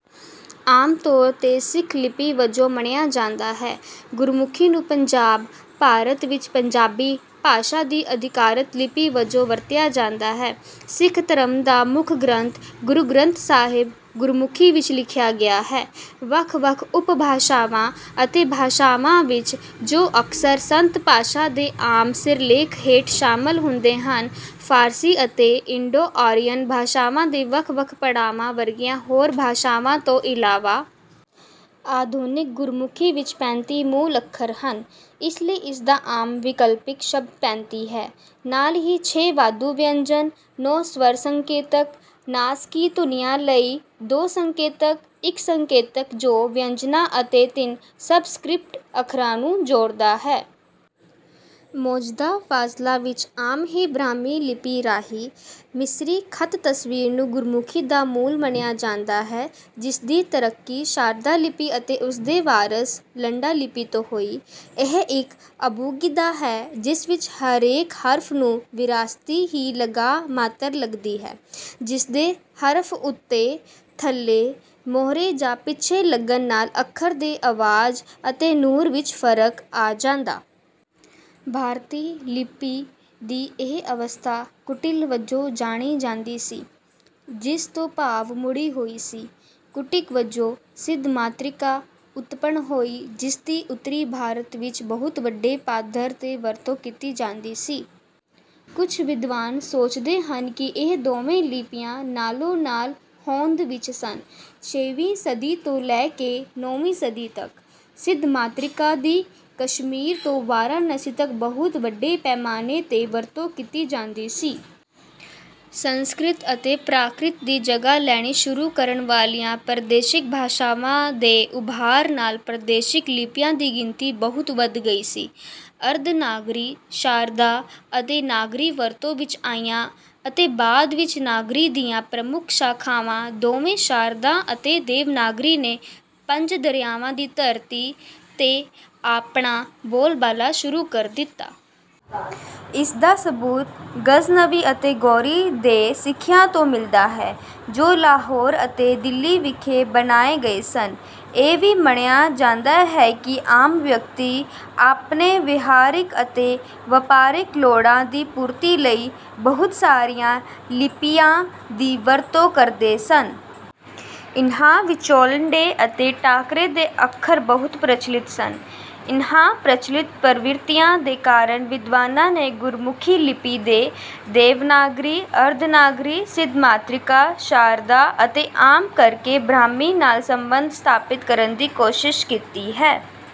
ਆਮ ਤੌਰ 'ਤੇ ਸਿੱਖ ਲਿਪੀ ਵਜੋਂ ਮੰਨਿਆ ਜਾਂਦਾ ਹੈ, ਗੁਰਮੁਖੀ ਨੂੰ ਪੰਜਾਬ, ਭਾਰਤ ਵਿੱਚ ਪੰਜਾਬੀ ਭਾਸ਼ਾ ਦੀ ਅਧਿਕਾਰਤ ਲਿਪੀ ਵਜੋਂ ਵਰਤਿਆ ਜਾਂਦਾ ਹੈ। ਸਿੱਖ ਧਰਮ ਦਾ ਮੁੱਖ ਗ੍ਰੰਥ, ਗੁਰੂ ਗ੍ਰੰਥ ਸਾਹਿਬ, ਗੁਰਮੁਖੀ ਵਿੱਚ ਲਿਖਿਆ ਗਿਆ ਹੈ, ਵੱਖ-ਵੱਖ ਉਪਭਾਸ਼ਾਵਾਂ ਅਤੇ ਭਾਸ਼ਾਵਾਂ ਵਿੱਚ ਜੋ ਅਕਸਰ ਸੰਤ ਭਾਸ਼ਾ ਦੇ ਆਮ ਸਿਰਲੇਖ ਹੇਠ ਸ਼ਾਮਲ ਹੁੰਦੇ ਹਨ, ਫਾਰਸੀ ਅਤੇ ਇੰਡੋ-ਆਰੀਅਨ ਭਾਸ਼ਾਵਾਂ ਦੇ ਵੱਖ-ਵੱਖ ਪੜਾਵਾਂ ਵਰਗੀਆਂ ਹੋਰ ਭਾਸ਼ਾਵਾਂ ਤੋਂ ਇਲਾਵਾ। ਆਧੁਨਿਕ ਗੁਰਮੁਖੀ ਵਿੱਚ ਪੈਂਤੀ ਮੂਲ ਅੱਖਰ ਹਨ, ਇਸ ਲਈ ਇਸਦਾ ਆਮ ਵਿਕਲਪਿਕ ਸ਼ਬਦ ਪੈਂਤੀ ਹੈ। ਨਾਲ ਹੀ ਛੇ ਵਾਧੂ ਵਿਅੰਜਨ, ਨੌਂ ਸਵਰ ਸੰਕੇਤਕ, ਨਾਸਕੀ ਧੁਨੀਆਂ ਲਈ ਦੋ ਸੰਕੇਤਕ, ਇੱਕ ਸੰਕੇਤਕ ਜੋ ਵਿਅੰਜਨਾਂ ਅਤੇ ਤਿੰਨ ਸਬਸਕ੍ਰਿਪਟ ਅੱਖਰਾਂ ਨੂੰ ਜੋੜਦਾ ਹੈ। ਮੌਜਦਾ ਫ਼ਾਜ਼ਲਾਂ ਵਿੱਚ, ਆਮ ਹੀ ਬ੍ਰਹਮੀ ਲਿਪੀ ਰਾਹੀਂ, ਮਿਸਰੀ ਖ਼ਤ ਤਸਵੀਰ ਨੂੰ ਗੁਰਮੁਖੀ ਦਾ ਮੂਲ ਮੰਨਿਆ ਜਾਂਦਾ ਹੈ ਜਿਸਦੀ ਤਰੱਕੀ ਸ਼ਾਰਦਾ ਲਿਪੀ ਅਤੇ ਉਸਦੇ ਵਾਰਸ ਲੰਡਾ ਲਿਪੀ ਤੋਂ ਹੋਈ। ਇਹ ਇੱਕ ਅਬੂਗੀਦਾ ਹੈ ਜਿਸ ਵਿੱਚ ਹਰੇਕ ਹਰਫ਼ ਨੂੰ ਵਿਰਾਸਤੀ ਹੀ ਲਗਾ ਮਾਤਰ ਲੱਗਦੀ ਹੈ, ਜਿਸਦੇ ਹਰਫ਼ ਉੱਤੇ, ਥੱਲੇ, ਮੋਹਰੇ ਜਾਂ ਪਿੱਛੇ ਲੱਗਣ ਨਾਲ਼ ਅੱਖਰ ਦੇ ਅਵਾਜ਼ ਅਤੇ ਨਹੁਰ ਵਿੱਚ ਫ਼ਰਕ ਆਹ ਜਾਂਦਾ। ਭਾਰਤੀ ਲਿਪੀ ਦੀ ਇਹ ਅਵਸਥਾ 'ਕੁਟਿਲ' ਵਜੋਂ ਜਾਣੀ ਜਾਂਦੀ ਸੀ, ਜਿਸ ਤੋਂ ਭਾਵ ਮੁੜੀ ਹੋਈ ਸੀ। ਕੁਟਿਕ ਵਜੋਂ ਸਿੱਧਮਾਤ੍ਰਿਕਾ ਉਤਪੰਨ ਹੋਈ ਜਿਸਦੀ ਉੱਤਰੀ ਭਾਰਤ ਵਿਚ ਬਹੁਤ ਵੱਡੇ ਪੱਧਰ ਤੇ ਵਰਤੋਂ ਕੀਤੀ ਜਾਂਦੀ ਸੀ। ਕੁਝ ਵਿਦਵਾਨ ਸੋਚਦੇ ਹਨ ਕਿ ਇਹ ਦੋਵੇਂ ਲਿਪੀਆਂ ਨਾਲੋਂ ਨਾਲ ਹੋਂਦ ਵਿਚ ਸਨ। ਛੇਵੀਂ ਸਦੀ ਤੋਂ ਲੈ ਕੇ ਨੌਂਵੀਂ ਸਦੀ ਤਕ, ਸਿੱਧਮਾਤ੍ਰਿਕਾ ਦੀ ਕਸ਼ਮੀਰ ਤੋਂ ਵਾਰਾਣਸੀ ਤਕ ਬਹੁਤ ਵੱਡੇ ਪੈਮਾਨੇ ਤੇ ਵਰਤੋਂ ਕੀਤੀ ਜਾਂਦੀ ਸੀ। ਸੰਸਕ੍ਰਿਤ ਅਤੇ ਪ੍ਰਾਕ੍ਰਿਤ ਦੀ ਜਗ੍ਹਾ ਲੈਣੀ ਸ਼ੁਰੂ ਕਰਨ ਵਾਲੀਆਂ ਪ੍ਰਾਦੇਸ਼ਿਕ ਭਾਸ਼ਾਵਾਂ ਦੇ ਉੱਭਾਰ ਨਾਲ ਪ੍ਰਾਦੇਸ਼ਿਕ ਲਿਪੀਆਂ ਦੀ ਗਿਣਤੀ ਬਹੁਤ ਵਧ ਗਈ ਸੀ। ਅਰਧਨਾਗਰੀ, ਸ਼ਾਰਦਾ ਅਤੇ ਨਾਗਰੀ ਵਰਤੋਂ ਵਿਚ ਆਈਆਂ ਅਤੇ ਬਾਅਦ ਵਿਚ ਨਾਗਰੀ ਦੀਆਂ ਪ੍ਰਮੁਖ ਸ਼ਾਖ਼ਾਵਾਂ ਦੋਵੇਂ ਸ਼ਾਰਦਾ ਅਤੇ ਦੇਵਨਾਗਰੀ ਨੇ ਪੰਜ ਦਰਿਆਵਾਂ ਦੀ ਧਰਤੀ ਤੇ ਆਪਣਾ ਬੋਲਬਾਲਾ ਸ਼ੁਰੂ ਕਰ ਦਿੱਤਾ। ਇਸਦਾ ਸਬੂਤ ਗ਼ਜ਼ਨਵੀ ਅਤੇ ਗੌਰੀ ਦੇ ਸਿੱਕਿਆਂ ਤੋਂ ਮਿਲਦਾ ਹੈ ਜੋ ਲਾਹੌਰ ਅਤੇ ਦਿੱਲੀਵਿਖੇ ਬਣਾਏ ਗਏ ਸਨ। ਇਹ ਵੀ ਮੰਨਿਆ ਜਾਂਦਾ ਹੈ ਕਿ ਆਮ ਵਿਅਕਤੀ ਆਪਣੇ ਵਿਹਾਰਿਕ ਅਤੇ ਵਪਾਰਿਕ ਲੋੜਾਂ ਦੀ ਪੂਰਤੀ ਲਈ ਬਹੁਤ ਸਾਰੀਆਂ ਲਿਪੀਆਂ ਦੀ ਵਰਤੋਂ ਕਰਦੇ ਸਨ। ਇਹਨਾਂ ਵਿਚੋਂਲੰਡੇ ਅਤੇ ਟਾਕਰੇ ਦੇ ਅੱਖਰ ਬਹੁਤ ਪ੍ਰਚਲਿਤ ਸਨ। ਇਹਨਾਂ ਪ੍ਰਚਲਿਤ ਪ੍ਰਵਿਰਤੀਆਂ ਦੇ ਕਾਰਨ ਵਿਦਵਾਨਾਂ ਨੇ ਗੁਰਮੁਖੀ ਲਿਪੀ ਦੇ ਦੇਵਨਾਗਰੀ, ਅਰਧਨਾਗਰੀ, ਸਿੱਧਮਾਤ੍ਰਿਕਾ, ਸ਼ਾਰਦਾ ਅਤੇ ਆਮ ਕਰਕੇ ਬ੍ਰਹਮੀ ਨਾਲ ਸੰਬੰਧ ਸਥਾਪਿਤ ਕਰਨ ਦੀ ਕੋਸ਼ਿਸ਼ ਕੀਤੀ ਹੈ।